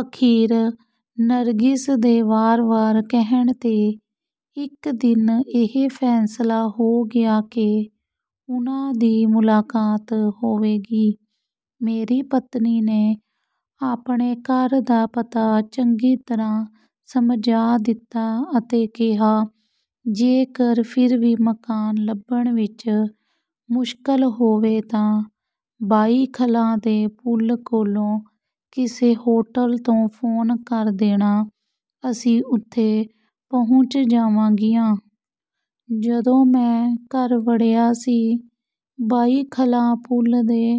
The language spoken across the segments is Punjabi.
ਅਖੀਰ ਨਰਗਿਸ ਦੇ ਵਾਰ ਵਾਰ ਕਹਿਣ 'ਤੇ ਇੱਕ ਦਿਨ ਇਹ ਫ਼ੈਸਲਾ ਹੋ ਗਿਆ ਕਿ ਉਨ੍ਹਾਂ ਦੀ ਮੁਲਾਕਾਤ ਹੋਵੇਗੀ। ਮੇਰੀ ਪਤਨੀ ਨੇ ਆਪਣੇ ਘਰ ਦਾ ਪਤਾ ਚੰਗੀ ਤਰ੍ਹਾਂ ਸਮਝਾ ਦਿੱਤਾ ਅਤੇ ਕਿਹਾ, ਜੇਕਰ ਫਿਰ ਵੀ ਮਕਾਨ ਲੱਭਣ ਵਿੱਚ ਮੁਸ਼ਕਲ ਹੋਵੇ ਤਾਂ ਬਾਈਖਲਾ ਦੇ ਪੁਲ ਕੋਲੋਂ ਕਿਸੇ ਹੋਟਲ ਤੋਂ ਫੋਨ ਕਰ ਦੇਣਾ, ਅਸੀਂ ਉੱਥੇ ਪਹੁੰਚ ਜਾਵਾਂਗੀਆਂ। ਜਦੋਂ ਮੈਂ ਘਰ ਵਿੱਚ ਵੜਿਆ ਸੀ, ਬਾਈਖਲਾ ਪੁਲ ਦੇ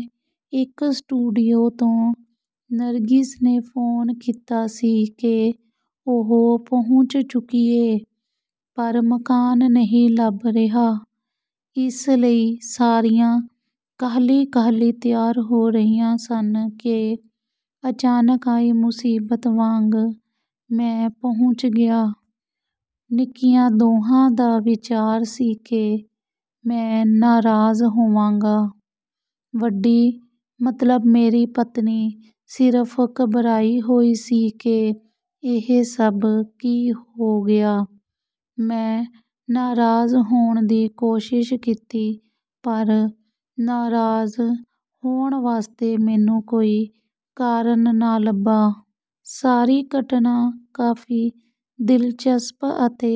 ਇੱਕ ਸਟੂਡੀਓ ਤੋਂ ਨਰਗਿਸ ਨੇ ਫੋਨ ਕੀਤਾ ਸੀ ਕਿ ਉਹ ਪਹੁੰਚ ਚੁੱਕੀ ਏ, ਪਰ ਮਕਾਨ ਨਹੀਂ ਲੱਭ ਰਿਹਾ। ਇਸ ਲਈ ਸਾਰੀਆਂ ਕਾਹਲੀ ਕਾਹਲੀ ਤਿਆਰ ਹੋ ਰਹੀਆਂ ਸਨ ਕਿ ਅਚਾਨਕ ਆਈ ਮੁਸੀਬਤ ਵਾਂਗ ਮੈਂ ਪਹੁੰਚ ਗਿਆ। ਨਿੱਕੀਆਂ ਦੋਹਾਂ ਦਾ ਵਿਚਾਰ ਸੀ ਕਿ ਮੈਂ ਨਾਰਾਜ਼ ਹੋਵਾਂਗਾ। ਵੱਡੀ, ਮਤਲਬ ਮੇਰੀ ਪਤਨੀ, ਸਿਰਫ਼ ਘਬਰਾਈ ਹੋਈ ਸੀ ਕਿ ਇਹ ਸਭ ਕੀ ਹੋ ਗਿਆ। ਮੈਂ ਨਾਰਾਜ਼ ਹੋਣ ਦੀ ਕੋਸ਼ਿਸ਼ ਕੀਤੀ, ਪਰ ਨਾਰਾਜ਼ ਹੋਣ ਵਾਸਤੇ ਮੈਨੂੰ ਕੋਈ ਕਾਰਨ ਨਾ ਲੱਭਾ। ਸਾਰੀ ਘਟਨਾ ਕਾਫ਼ੀ ਦਿਲਚਸਪ ਅਤੇ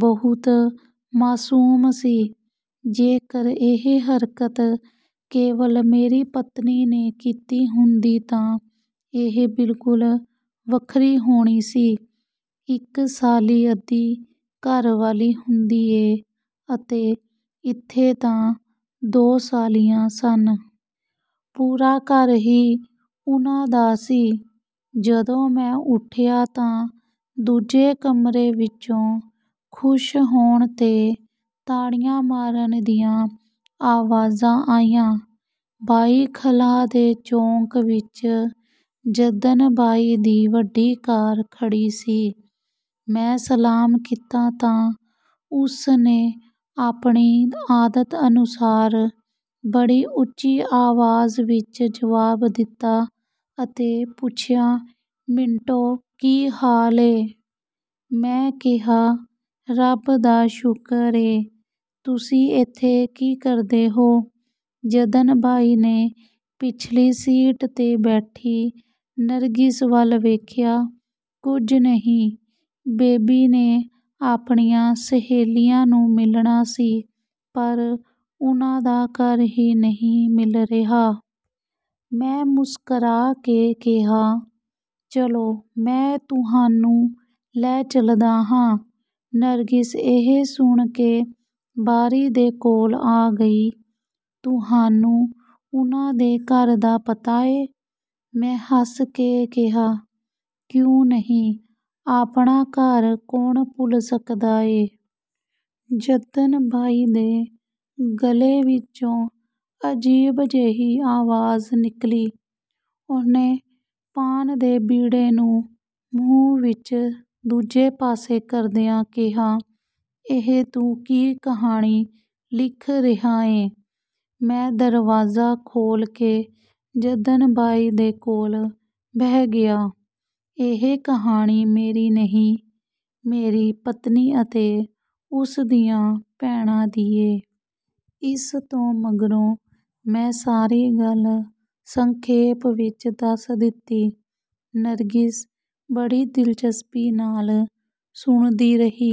ਬਹੁਤ ਮਾਸੂਮ ਸੀ। ਜੇਕਰ ਇਹ ਹਰਕਤ ਕੇਵਲ ਮੇਰੀ ਪਤਨੀ ਨੇ ਕੀਤੀ ਹੁੰਦੀ ਤਾਂ ਇਹ ਬਿਲਕੁਲ ਵੱਖਰੀ ਗੱਲ ਹੋਣੀ ਸੀ। ਇੱਕ ਸਾਲੀ ਅੱਧੀ ਘਰ ਵਾਲੀ ਹੁੰਦੀ ਏ ਅਤੇ ਇੱਥੇ ਤਾਂ ਦੋ ਸਾਲੀਆਂ ਸਨ। ਪੂਰਾ ਘਰ ਹੀ ਉਨ੍ਹਾਂ ਦਾ ਸੀ। ਜਦੋਂ ਮੈਂ ਉੱਠਿਆ ਤਾਂ ਦੂਜੇ ਕਮਰੇ ਵਿੱਚੋਂ ਖੁਸ਼ ਹੋਣ 'ਤੇ ਤਾੜੀਆਂ ਮਾਰਨ ਦੀਆਂ ਆਵਾਜ਼ਾਂ ਆਈਆਂ। ਬਾਈਖਲਾ ਦੇ ਚੌਕ ਵਿੱਚ ਜੱਦਨ ਬਾਈ ਦੀ ਵੱਡੀ ਕਾਰ ਖੜ੍ਹੀ ਸੀ। ਮੈਂ ਸਲਾਮ ਕੀਤਾ ਤਾਂ ਉਸ ਨੇ ਆਪਣੀ ਆਦਤ ਅਨੁਸਾਰ ਬੜੀ ਉੱਚੀ ਆਵਾਜ਼ ਵਿੱਚ ਜਵਾਬ ਦਿੱਤਾ ਅਤੇ ਪੁੱਛਿਆ, ਮੰਟੋ ਕੀ ਹਾਲ ਏ? ਮੈਂ ਕਿਹਾ, ਰੱਬ ਦਾ ਸ਼ੁਕਰ ਏ। ਤੁਸੀਂ ਏਥੇ ਕੀ ਕਰਦੇ ਹੋ? ਜੱਦਨ ਬਾਈ ਨੇ ਪਿਛਲੀ ਸੀਟ 'ਤੇ ਬੈਠੀ ਨਰਗਿਸ ਵੱਲ ਵੇਖਿਆ, ਕੁਝ ਨਹੀਂ। ਬੇਬੀ ਨੇ ਆਪਣੀਆਂ ਸਹੇਲੀਆਂ ਨੂੰ ਮਿਲਣਾ ਸੀ, ਪਰ ਉਨ੍ਹਾਂ ਦਾ ਘਰ ਹੀ ਨਹੀਂ ਮਿਲ ਰਿਹਾ। ਮੈਂ ਮੁਸਕਰਾ ਕੇ ਕਿਹਾ, ਚਲੋ, ਮੈਂ ਤੁਹਾਨੂੰ ਲੈ ਚਲਦਾ ਹਾਂ। ਨਰਗਿਸ ਇਹ ਸੁਣ ਕੇ ਬਾਰੀ ਦੇ ਕੋਲ ਆ ਗਈ, ਤੁਹਾਨੂੰ ਉਨ੍ਹਾਂ ਦੇ ਘਰ ਦਾ ਪਤਾ ਏ? ਮੈਂ ਹੱਸ ਕੇ ਕਿਹਾ, ਕਿਉਂ ਨਹੀਂ, ਆਪਣਾ ਘਰ ਕੌਣ ਭੁੱਲ ਸਕਦਾ ਏ? ਜੱਦਨ ਬਾਈ ਦੇ ਗਲੇ ਵਿੱਚੋਂ ਅਜੀਬ ਜਿਹੀ ਆਵਾਜ਼ ਨਿਕਲੀ। ਉਹਨੇ ਪਾਨ ਦੇ ਬੀੜੇ ਨੂੰ ਮੂੰਹ ਵਿੱਚ ਦੂਜੇ ਪਾਸੇ ਕਰਦਿਆਂ ਕਿਹਾ, ਇਹ ਤੂੰ ਕੀ ਕਹਾਣੀ ਲਿਖ ਰਿਹਾ ਏਂ? ਮੈਂ ਦਰਵਾਜ਼ਾ ਖੋਲ੍ਹ ਕੇ ਜੱਦਨ ਬਾਈ ਦੇ ਕੋਲ ਬਹਿ ਗਿਆ, ਇਹ ਕਹਾਣੀ ਮੇਰੀ ਨਹੀਂ, ਮੇਰੀ ਪਤਨੀ ਅਤੇ ਉਸ ਦੀਆਂ ਭੈਣਾਂ ਦੀ ਏ। ਇਸ ਤੋਂ ਮਗਰੋਂ ਮੈਂ ਸਾਰੀ ਗੱਲ ਸੰਖੇਪ ਵਿੱਚ ਦੱਸ ਦਿੱਤੀ। ਨਰਗਿਸ ਬੜੀ ਦਿਲਚਸਪੀ ਨਾਲ ਸੁਣਦੀ ਰਹੀ।